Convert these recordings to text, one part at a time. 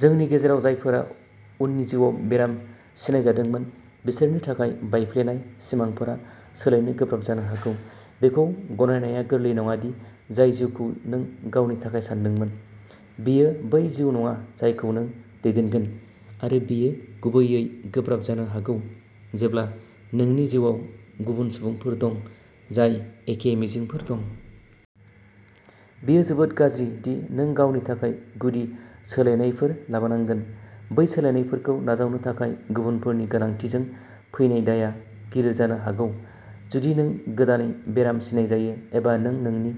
जोंनि गेजेराव जायफोरा उननि जिउआव बेराम सिनायजादोंमोन, बिसोरनि थाखाय बायफ्लेनाय सिमांफोरा सोलायनो गोब्राब जानो हागौ। बेखौ गनायनाया गोरलै नङा दि जाय जिउखौ नों गावनि थाखाय सानदोंमोन, बेयो बै जिउ नङा जायखौ नों दैदेनगोन, आरो बेयो गुबैयै गोब्राब जानो हागौ जेब्ला नोंनि जिउआव गुबुन सुबुंफोर दं जाय एखे मिजिंफोर दं। बेयो जोबोद गाज्रि दि नों गावनि थाखाय गुदि सोलायनायफोर लाबोनांगोन; बै सोलायनायफोरखौ नाजावनो थाखाय गुबुनफोरनि गोनांथिजों फैनाय दायआ गिलिर जानो हागौ। जुदि नों गोदानै बेराम सिनायजायो एबा नों नोंनि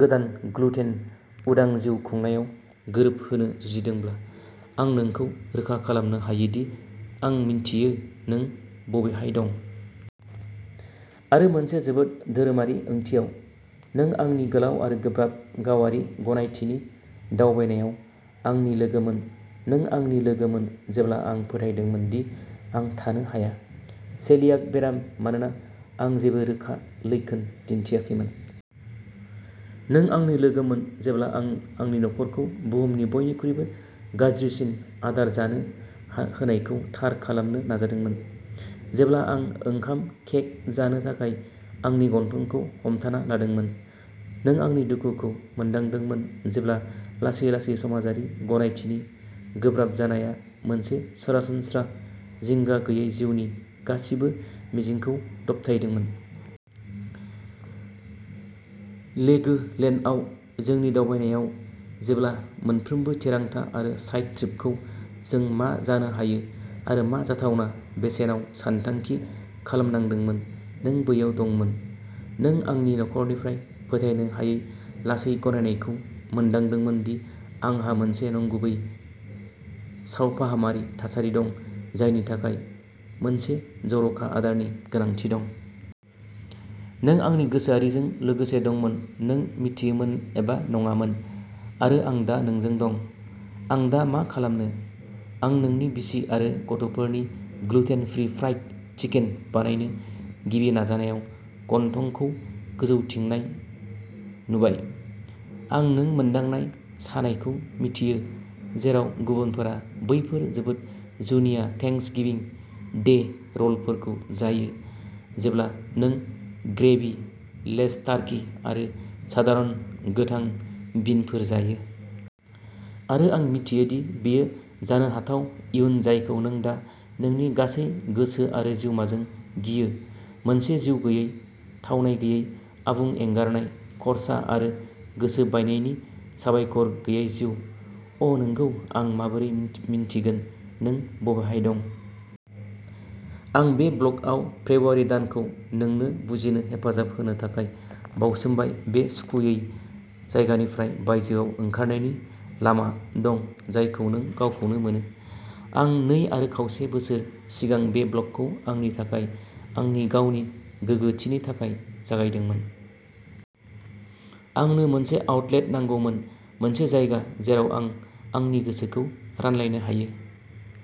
गोदान ग्लुटेन-उदां जिउ खुंनायाव गोरोबहोनो जुजिदोंब्ला, आं नोंखौ रोखा खालामनो हायो दि आं मिन्थियो नों बबेहाय दं। आरो मोनसे जोबोद धोरोमारि ओंथियाव, नों आंनि गोलाव आरो गोब्राब गावारि गनायथिनि दावबायनायाव आंनि लोगोमोन। नों आंनि लोगोमोन जेब्ला आं फोथायदोंमोन दि आं थानो हाया। सेलियाक बेराम मानोना आं जेबो रोखा लैखोन दिन्थियाखैमोन। नों आंनि लोगोमोन जेब्ला आं आंनि नखरखौ बुहुमनि बयनिख्रुइबो गाज्रिसिन "आदार" जानो होनायखौ थार खालामनो नाजादोंमोन, जेब्ला आं ओंखाम केक जानो थाखाय आंनि गन्थंखौ हमथाना लादोंमोन। नों आंनि दुखुखौ मोनदांदोंमोन जेब्ला लासै-लासै समाजारि गनायथिनि गोब्राब जानाया मोनसे "सरासनस्रा" जिंगा गैयै जिउनि गासिबो मिजिंखौ दबथायदोंमोन। लेगो लेन्डआव जोंनि दावबायनायाव, जेब्ला मोनफ्रोमबो थिरांथा आरो साइड ट्रिपखौ जों मा जानो हायो आरो मा जाथावना बेसेनाव सानथांखि खालामनांदोंमोन, नों बैयाव दंमोन। नों आंनि नखरनिफ्राय फोथायनो हायै लासै गनायनायखौ मोनदांदोंमोन दि आंहा मोनसे "नंगुबै" सावफाहामारि थासारि दं जायनि थाखाय मोनसे जर'खा आदारनि गोनांथि दं। नों आंनि गोसोआरिजों लोगोसे दंमोन, नों मिथियोमोन एबा नङामोन। आरो आं दा नोंजों दं! "आं दा मा खालामनो?" आं नोंनि बिसि आरो गथ'फोरनि ग्लुटेन-फ्रि फ्राइड चिकेन बानायनो गिबि नाजानायाव गन्थंखौ गोजौथिंनाय नुबाय। आं नों मोन्दांनाय सानायखौ मिथियो, जेराव गुबुनफोरा बैफोर जोबोद जुनिया थेंक्सगिविं डे र'लफोरखौ जायो, जेब्ला नों ग्रेभि-लेस टार्कि आरो सादारन गोथां बिनफोर जायो। आरो आं मिथियो दि बेयो जानो हाथाव इयुन जायखौ नों दा नोंनि गासै गोसो आरो जिउमाजों गियो, मोनसे जिउ गैयै, थावनाय गैयै, आबुं एंगारनाय, खर्सा आरो गोसो बायनायनि साबायखर गैयै जिउ। अ'नंगौ, आं माबोरै मिन्थिगोन नों बबेहाय दं! आं बे ब्लगआव फेब्रुआरि दानखौ नोंनो बुजिनो हेफाजाब होनो थाखाय बावसोमबाय बे सुखुयै जायगानिफ्राय "बायजोआव" ओंखारनायनि लामा दं जायखौ नों गावखौनो मोनो। आं नै आरो खावसे बोसोर सिगां बे ब्लगखौ आंनि थाखाय, आंनि गावनि गोगोथिनि थाखाय जागायदोंमोन। आंनो मोनसे आउटलेट नांगौमोन, मोनसे जायगा जेराव आं आंनि गोसोखौ रानलायनो हायो।